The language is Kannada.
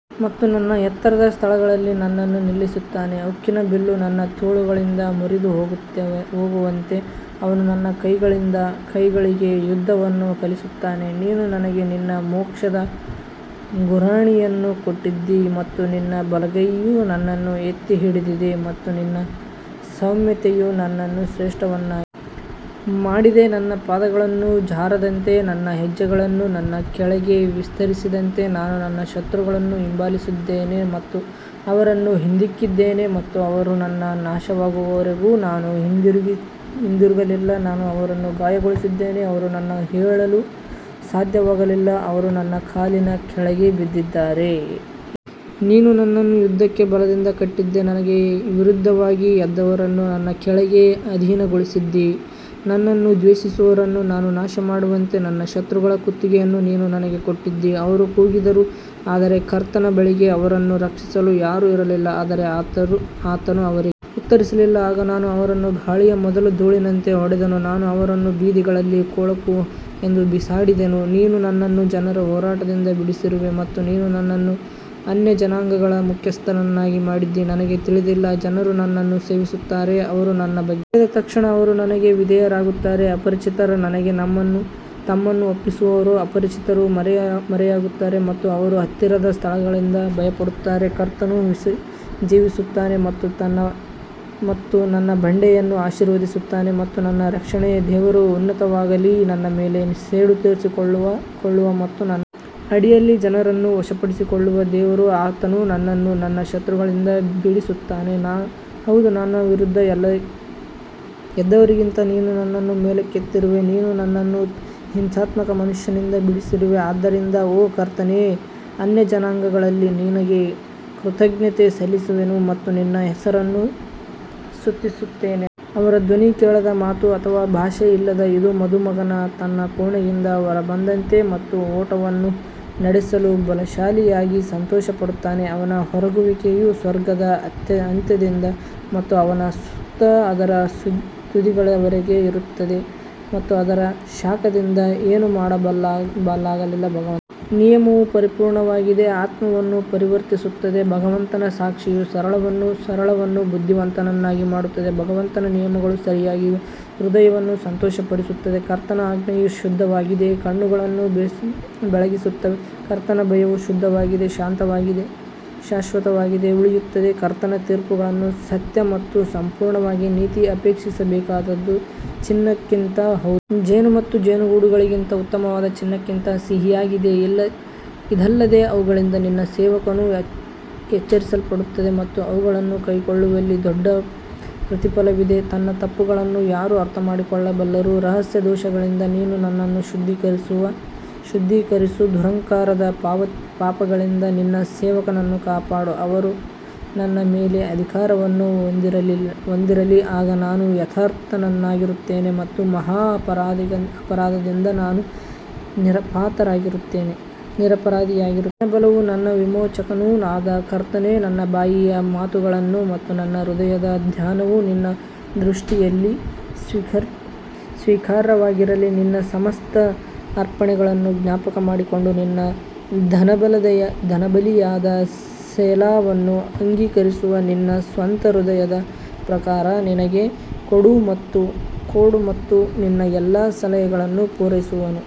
ಮತ್ತು ನನ್ನ ಎತ್ತರದ ಸ್ಥಳಗಳಲ್ಲಿ ನನ್ನನ್ನು ನಿಲ್ಲಿಸುತ್ತಾನೆ ಉಕ್ಕಿನ ಬಿಲ್ಲು ನನ್ನ ತೋಳುಗಳಿಂದ ಮುರಿದುಹೋಗುವಂತೆ ಅವನು ನನ್ನ ಕೈಗಳಿಗೆ ಯುದ್ಧವನ್ನು ಕಲಿಸುತ್ತಾನೆ ನೀನು ನನಗೆ ನಿನ್ನ ಮೋಕ್ಷದ ಗುರಾಣಿಯನ್ನು ಕೊಟ್ಟಿದ್ದೀ ಮತ್ತು ನಿನ್ನ ಬಲಗೈಯು ನನ್ನನ್ನು ಎತ್ತಿ ಹಿಡಿದಿದೆ ಮತ್ತು ನಿನ್ನ ಸೌಮ್ಯತೆಯು ನನ್ನನ್ನು ಶ್ರೇಷ್ಠನನ್ನಾಗಿ ಮಾಡಿದೆ ನನ್ನ ಪಾದಗಳು ಜಾರದಂತೆ ನನ್ನ ಹೆಜ್ಜೆಗಳನ್ನು ನನ್ನ ಕೆಳಗೆ ವಿಸ್ತರಿಸಿದ್ದೀ ನಾನು ನನ್ನ ಶತ್ರುಗಳನ್ನು ಹಿಂಬಾಲಿಸಿದ್ದೇನೆ ಮತ್ತು ಅವರನ್ನು ಹಿಂದಿಕ್ಕಿದ್ದೇನೆ ಮತ್ತು ಅವರು ನಾಶವಾಗುವವರೆಗೂ ನಾನು ಹಿಂತಿರುಗಲಿಲ್ಲ ನಾನು ಅವರನ್ನು ಗಾಯಗೊಳಿಸಿದ್ದೇನೆ, ಅವರು ಏಳಲು ಸಾಧ್ಯವಾಗಲಿಲ್ಲ, ಅವರು ನನ್ನ ಕಾಲಿನ ಕೆಳಗೆ ಬಿದ್ದಿದ್ದಾರೆ ಯಾಕಂದರೆ ನೀನು ನನ್ನನ್ನು ಯುದ್ಧಕ್ಕೆ ಬಲದಿಂದ ಕಟ್ಟಿದ್ದೀ, ನನಗೆ ವಿರುದ್ಧವಾಗಿ ಎದ್ದವರನ್ನು ನನ್ನ ಕೆಳಗೆ ಅಧೀನಗೊಳಿಸಿದ್ದೀ ನನ್ನನ್ನು ದ್ವೇಷಿಸುವವರನ್ನು ನಾನು ನಾಶಮಾಡುವಂತೆ ನನ್ನ ಶತ್ರುಗಳ ಕುತ್ತಿಗೆಯನ್ನೂ ನೀನು ನನಗೆ ಕೊಟ್ಟಿದ್ದೀ ಅವರು ಕೂಗಿದರು ಆದರೆ ಕರ್ತನ ಬಳಿಗೆ ಅವರನ್ನು ರಕ್ಷಿಸಲು ಯಾರೂ ಇರಲಿಲ್ಲ ಆದರೆ ಆತನು ಅವರಿಗೆ ಉತ್ತರಿಸಲಿಲ್ಲ ಆಗ ನಾನು ಅವರನ್ನು ಗಾಳಿಯ ಮೊದಲು ಧೂಳಿನಂತೆ ಹೊಡೆದೆನು, ನಾನು ಅವರನ್ನು ಬೀದಿಗಳಲ್ಲಿ ಕೊಳಕು ಎಂದು ಬಿಸಾಡಿದೆನು ನೀನು ನನ್ನನ್ನು ಜನರ ಹೋರಾಟದಿಂದ ಬಿಡಿಸಿರುವೆ ಮತ್ತು ನೀನು ನನ್ನನ್ನು ಅನ್ಯಜನಾಂಗಗಳ ಮುಖ್ಯಸ್ಥನನ್ನಾಗಿ ಮಾಡಿದ್ದೀ, ನನಗೆ ತಿಳಿದಿಲ್ಲದ ಜನರು ನನ್ನನ್ನು ಸೇವಿಸುತ್ತಾರೆ ಅವರು ನನ್ನ ಬಗ್ಗೆ ಕೇಳಿದ ತಕ್ಷಣ ಅವರು ನನಗೆ ವಿಧೇಯರಾಗುತ್ತಾರೆ ಅಪರಿಚಿತರು ನನಗೆ ತಮ್ಮನ್ನು ಒಪ್ಪಿಸುವರು ಅಪರಿಚಿತರು ಮರೆಯಾಗುತ್ತಾರೆ ಮತ್ತು ಅವರ ಹತ್ತಿರದ ಸ್ಥಳಗಳಿಂದ ಭಯಪಡುತ್ತಾರೆ ಕರ್ತನು ಜೀವಿಸುತ್ತಾನೆ ಮತ್ತು ನನ್ನ ಬಂಡೆಯನ್ನು ಆಶೀರ್ವದಿಸುತ್ತಾನೆ ಮತ್ತು ನನ್ನ ರಕ್ಷಣೆಯ ದೇವರು ಉನ್ನತವಾಗಲಿ ನನ್ನ ಮೇಲೆ ಸೇಡು ತೀರಿಸಿಕೊಳ್ಳುವ ಮತ್ತು ನನ್ನ ಅಡಿಯಲ್ಲಿ ಜನರನ್ನು ವಶಪಡಿಸಿಕೊಳ್ಳುವ ದೇವರು ಆತನು ನನ್ನನ್ನು ನನ್ನ ಶತ್ರುಗಳಿಂದ ಬಿಡಿಸುತ್ತಾನೆ, ಹೌದು ನನ್ನ ವಿರುದ್ಧ ಎದ್ದವರಿಗಿಂತ ನೀನು ನನ್ನನ್ನು ಮೇಲಕ್ಕೆತ್ತಿರುವೆ, ನೀನು ನನ್ನನ್ನು ಹಿಂಸಾತ್ಮಕ ಮನುಷ್ಯನಿಂದ ಬಿಡಿಸಿರುವೆ ಆದದರಿಂದ ಓ ಕರ್ತನೇ ಅನ್ಯಜನಾಂಗಗಳಲ್ಲಿ ನಿನಗೆ ಕೃತಜ್ಞತೆ ಸಲ್ಲಿಸುವೆನು ಮತ್ತು ನಿನ್ನ ಹೆಸರನ್ನು ಸ್ತುತಿಸುತ್ತೇನೆ ಅವನು ಅವರ ಧ್ವನಿ ಕೇಳದ ಮಾತು ಅಥವಾ ಭಾಷೆ ಇಲ್ಲ ಇದು ಮದುಮಗನು ತನ್ನ ಕೋಣೆಯಿಂದ ಹೊರಬಂದಂತೆ ಮತ್ತು ಓಟವನ್ನು ನಡೆಸಲು ಬಲಶಾಲಿಯಾಗಿ ಸಂತೋಷಪಡುತ್ತಾನೆ ಅವನ ಹೊರಹೋಗುವಿಕೆಯು ಸ್ವರ್ಗದ ಅಂತ್ಯದಿಂದ ಮತ್ತು ಅವನ ಸುತ್ತು ಅದರ ತುದಿಗಳವರೆಗೆ ಇರುತ್ತದೆ ಮತ್ತು ಅದರ ಶಾಖದಿಂದ ಏನೂ ಮರೆಮಾಡಲಾಗಿಲ್ಲ ಭಗವಂತನ ನಿಯಮವು ಪರಿಪೂರ್ಣವಾಗಿದೆ ಆತ್ಮವನ್ನು ಪರಿವರ್ತಿಸುತ್ತದೆ, ಭಗವಂತನ ಸಾಕ್ಷಿಯು ಸರಳರನ್ನು ಬುದ್ಧಿವಂತರನ್ನಾಗಿ ಮಾಡುತ್ತದೆ ಭಗವಂತನ ನಿಯಮಗಳು ಸರಿಯಾಗಿವೆ ಹೃದಯವನ್ನು ಸಂತೋಷಪಡಿಸುತ್ತದೆ ಕರ್ತನ ಆಜ್ಞೆಯು ಶುದ್ಧವಾಗಿದೆ ಕಣ್ಣುಗಳನ್ನು ಬೆಳಗಿಸುತ್ತದೆ ಕರ್ತನ ಭಯವು ಶುದ್ಧವಾಗಿದೆ ಶಾಶ್ವತವಾಗಿ ಉಳಿಯುತ್ತದೆ ಕರ್ತನ ತೀರ್ಪುಗಳು ಸತ್ಯ ಮತ್ತು ಸಂಪೂರ್ಣವಾಗಿ ನೀತಿ ಅಪೇಕ್ಷಿಸಬೇಕಾದದ್ದು ಚಿನ್ನಕ್ಕಿಂತ ಹೌದು, ಜೇನು ಮತ್ತು ಜೇನುಗೂಡುಗಳಿಗಿಂತ ಉತ್ತಮವಾದ ಚಿನ್ನಕ್ಕಿಂತ ಸಿಹಿಯಾಗಿದೆ ಇದಲ್ಲದೆ ಅವುಗಳಿಂದ ನಿನ್ನ ಸೇವಕನು ಎಚ್ಚರಿಸಲ್ಪಟ್ಟಿದ್ದಾನೆ ಮತ್ತು ಅವುಗಳನ್ನು ಕೈಕೊಳ್ಳುವಲ್ಲಿ ದೊಡ್ಡ ಪ್ರತಿಫಲವಿದೆ ತನ್ನ ತಪ್ಪುಗಳನ್ನು ಯಾರು ಅರ್ಥಮಾಡಿಕೊಳ್ಳಬಲ್ಲರು, ರಹಸ್ಯ ದೋಷಗಳಿಂದ ನೀನು ನನ್ನನ್ನು ಶುದ್ಧೀಕರಿಸು ದುರಹಂಕಾರದ ಪಾಪಗಳಿಂದ ನಿನ್ನ ಸೇವಕನನ್ನು ಕಾಪಾಡು, ಅವರು ನನ್ನ ಮೇಲೆ ಅಧಿಕಾರವನ್ನು ಹೊಂದದಿರಲಿ, ಆಗ ನಾನು ಯಥಾರ್ಥನಾಗಿರುತ್ತೇನೆ ಮತ್ತು ಮಹಾ ಅಪರಾಧದಿಂದ ನಾನು ನಿರಪರಾಧಿಯಾಗುತ್ತೇನೆ. ನನ್ನ ಬಲವೂ ನನ್ನ ವಿಮೋಚಕನೂ ಆದ ಕರ್ತನೇ, ನನ್ನ ಬಾಯಿಯ ಮಾತುಗಳು ಮತ್ತು ನನ್ನ ಹೃದಯದ ಧ್ಯಾನವು ನಿನ್ನ ದೃಷ್ಟಿಯಲ್ಲಿ ಸ್ವೀಕಾರಾರ್ಹವಾಗಿರಲಿ ನಿನ್ನ ಸಮಸ್ತ ಅರ್ಪಣೆಗಳನ್ನು ಜ್ಞಾಪಕಮಾಡಿಕೊಂಡು ನಿನ್ನ ದಹನಬಲಿಯಾದ ಸೆಲಾವನ್ನು ಅಂಗೀಕರಿಸು ನಿನ್ನ ಸ್ವಂತ ಹೃದಯದ ಪ್ರಕಾರ ನಿನಗೆ ಕೊಡು ಮತ್ತು ನಿನ್ನ ಎಲ್ಲಾ ಸಲಹೆಗಳನ್ನು ಪೂರೈಸುವನು.